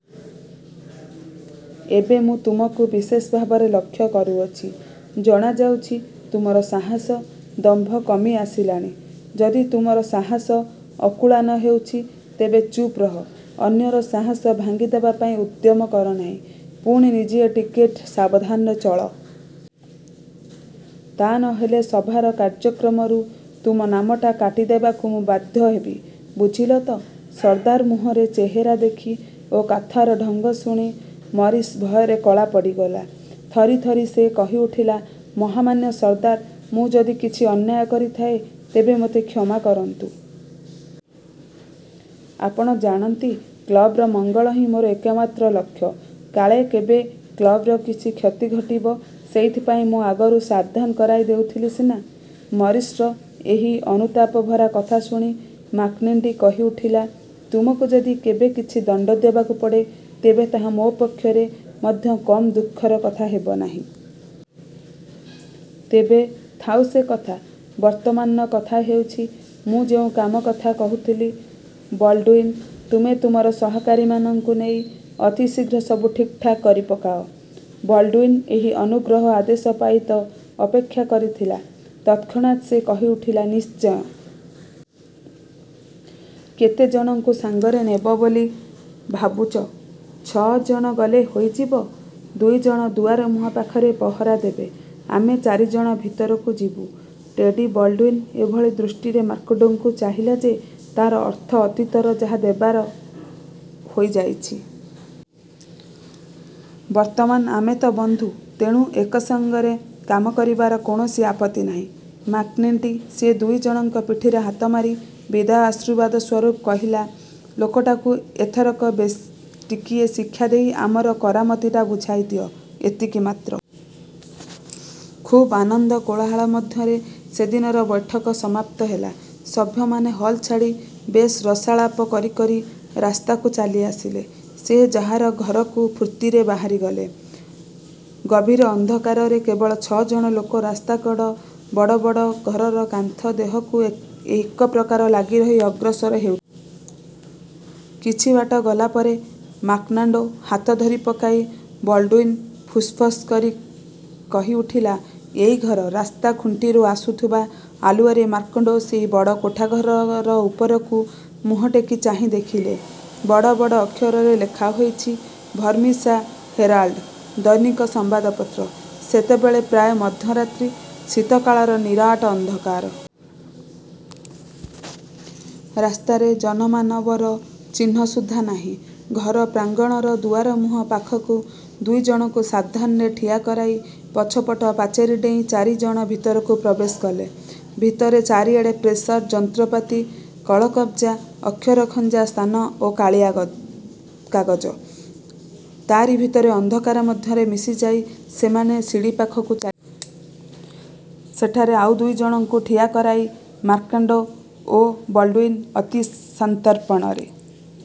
ଏବେ ମୁଁ ତୁମକୁ ବିଶେଷ ଭାବରେ ଲକ୍ଷ୍ୟ କରୁଅଛି। ଜଣାଯାଉଛି, ତୁମର ସାହସ, ଦମ୍ଭ କମି ଆସିଲାଣି। ଯଦି ତୁମର ସାହସ ଅକୁଳାନ ହେଉଛି, ତେବେ ଚୁପ୍ ରହ; ଅନ୍ୟର ସାହସ ଭାଙ୍ଗିଦେବା ପାଇଁ ଉଦ୍ୟମ କର ନାହିଁ। ପୁଣି ନିଜେ ଟିକିଏ ସାବଧାନରେ ଚଳ। ତା ନ ହେଲେ ସଭାର କାର୍ଯ୍ୟକ୍ରମରୁ ତୁମ ନାମଟା କାଟିଦେବାକୁ ମୁଁ ବାଧ୍ୟ ହେବି ବୁଝିଲ ତ? '' ସର୍ଦ୍ଦାର ମୁହଁର ଚେହେରା ଦେଖି ଓ କଥାର ଢଙ୍ଗ ଶୁଣି ମରିସ୍ ଭୟରେ କଳା ପଡ଼ିଗଲା-। ଥରିଥରି ସେ କହିଉଠିଲା, ''ମହାମାନ୍ୟ ସର୍ଦ୍ଦାର, ମୁଁ ଯଦି କିଛି ଅନ୍ୟାୟ କରିଥାଏ, ତେବେ ମୋତେ କ୍ଷମା କରନ୍ତୁ। ଆପଣ ଜାଣନ୍ତି, କ୍ଳବର ମଙ୍ଗଳ ହିଁ ମୋର ଏକମାତ୍ର ଲକ୍ଷ୍ୟ। କାଳେ କେବେ କ୍ଳବର କିଛି କ୍ଷତି ଘଟିବ, ସେଇଥିପାଇଁ ମୁଁ ଆଗରୁ ସାବଧାନ କରାଇ ଦେଉଥିଲି ସିନା-! '' ମରିସ୍ର ଏହି ଅନୁତାପଭରା କଥା ଶୁଣି ମ୍ୟାକ୍ଜିଣ୍ଟି କହିଉଠିଲା, ''ତୁମକୁ ଯଦି କେବେ କିଛି ଦଣ୍ଡ ଦେବାକୁ ପଡ଼େ, ତେବେ ତାହା ମୋ ପକ୍ଷରେ ମଧ୍ୟ କମ୍ ଦୁଃଖର କଥା ହେବ ନାହିଁ। ତେବେ ଥାଉ ସେ କଥା। ବର୍ତ୍ତମାନର କଥା ହେଉଛି–ମୁଁ ଯେଉଁ କାମ କଥା କହୁଥିଲି। ବଲ୍ଡ଼ୁଇନ, ତୁମେ ତୁମର ସହକାରୀମାନଙ୍କୁ ନେଇ ଅତି ଶୀଘ୍ର ସବୁ ଠିକ୍ ଠାକ୍ କରିପକାଅ। '' ବଲ୍ଡ଼ୁଇନ ଏହି ଅନୁଗ୍ରହ ଆଦେଶ ପାଇଁ ତ ଅପେକ୍ଷା କରିଥିଲା। ତତ୍କ୍ଷଣାତ୍ ସେ କହିଉଠିଲା, ''ନିଶ୍ଚୟ। '' ''କେତେ ଜଣଙ୍କୁ ସାଙ୍ଗରେ ନେବ ବୋଲି ଭାବୁଚ? '' ''ଛଅ ଜଣ ଗଲେ ହୋଇଯିବ। ଦୁଇ ଜଣ ଦୁଆରମୁହଁ ପାଖରେ ପହରା ଦେବେ, ଆମେ ଚାରି ଜଣ ଭିତରକୁ ଯିବୁ। '' ଟେଡ଼ି ବଲ୍ଡ଼ୁଇନ ଏଭଳି ଦୃଷ୍ଟିରେ ମ୍ୟାକ୍ମାର୍ଡ଼ୋକୁ ଚାହିଁଲା ଯେ, ତାର ଅର୍ଥ–ଅତୀତରେ ଯାହା ହେବାର ହୋଇଯାଇଛି। ବର୍ତ୍ତମାନ ଆମେ ତ ବନ୍ଧୁ, ତେଣୁ ଏକ ସଙ୍ଗରେ କାମ କରିବାର କୌଣସି ଆପତ୍ତି ନାହିଁ। ମ୍ୟାକ୍ଜିଣ୍ଟି ସେ ଦୁଇ ଜଣଙ୍କ ପିଠିରେ ହାତ ମାରି ବିଦାୟ ଆଶୀର୍ବାଦ ସ୍ୱରୂପ କହିଲା, ''ଲୋକଟାକୁ ଏଥରକ ବେଶ ଟିକିଏ ଶିକ୍ଷା ଦେଇ ଆମର କରାମତିଟା ବୁଝାଇଦିଅ–ଏତିକି ମାତ୍ର। '' ଖୁବ୍ ଆନନ୍ଦ କୋଳାହଳ ମଧ୍ୟରେ ସେଦିନର ବୈଠକ ସମାପ୍ତ ହେଲା। ସଭ୍ୟମାନେ ହଲ୍ ଛାଡ଼ି ବେଶ୍ ରସାଳାପ କରିକରି ରାସ୍ତାକୁ ଚାଲିଆସିଲେ। ଯେ ଯାହାର ଘରକୁ ଫୁର୍ତ୍ତିରେ ବାହାରିଗଲେ। ଗଭୀର ଅନ୍ଧକାରରେ କେବଳ ଛ' ଜଣ ଲୋକ ରାସ୍ତାକଡ଼ ବଡ଼ବଡ଼ ଘରର କାନ୍ଥ ଦେହକୁ ଏକପ୍ରକାର ଲାଗିରହି ଅଗ୍ରସର ହେଉ ଥାଆନ୍ତି। କିଛି ବାଟ ଗଲା ପରେ ମ୍ୟାକ୍ମାର୍ଡ଼ୋ ହାତ ଧରିପକାଇ ବଲ୍ଡ଼ୁଇନ ଫୁସ୍ଫୁସ୍ କରି କହିଉଠିଲା, ''ଏଇ ଘର। '' ରାସ୍ତା ଖୁଣ୍ଟିରୁ ଆସୁଥିବା ଆଲୁଅରେ ମ୍ୟାକ୍ମାର୍ଡ଼ୋ ସେହି ବଡ଼ କୋଠାଘରର ଉପରକୁ ମୁହଁ ଟେକି ଚାହିଁ ଦେଖିଲେ, ବଡ଼ବଡ଼ ଅକ୍ଷରରେ ଲେଖାହୋଇଛି–'ଭର୍ମିସା ହେରାଲ୍ଡ଼'–ଦୈନିକ ସମ୍ବାଦପତ୍ର। ସେତେବେଳେ ପ୍ରାୟ ମଧ୍ୟରାତ୍ରି; ଶୀତକାଳର ନିରୋଟ ଅନ୍ଧକାର। ରାସ୍ତାରେ ଜନମାନବର ଚିହ୍ନ ସୁଦ୍ଧା ନାହିଁ। ଘର ପ୍ରାଙ୍ଗଣର ଦୁଆରମୁହଁ ପାଖରେ ଦୁଇ ଜଣଙ୍କୁ ସାବଧାନରେ ଠିଆ କରାଇ ପଛପଟ ପାଚେରୀ ଡେଇଁ ଚାରି ଜଣ ଭିତରକୁ ପ୍ରବେଶ କଲେ। ଭିତରେ ଚାରିଆଡ଼େ ପ୍ରେସର ଯନ୍ତ୍ରପାତି, କଳକବଜା, ଅକ୍ଷର ଖଞ୍ଜା ସ୍ଥାନ ଓ କାଳିକାଗଜ। ତାରି ଭିତରେ ଅନ୍ଧକାର ମଧ୍ୟରେ ମିଶିଯାଇ ସେମାନେ ସିଡ଼ିପାଖକୁ ଚାଲିଆସିଲେ। ସେଠାରେ ଆଉ ଦୁଇ ଜଣଙ୍କୁ ଠିଆ କରାଇ ମ୍ୟାକ୍ମାର୍ଡ଼ୋ ଓ ବଲ୍ଡ଼ୁଇନ ଅତି ସନ୍ତର୍ପଣରେ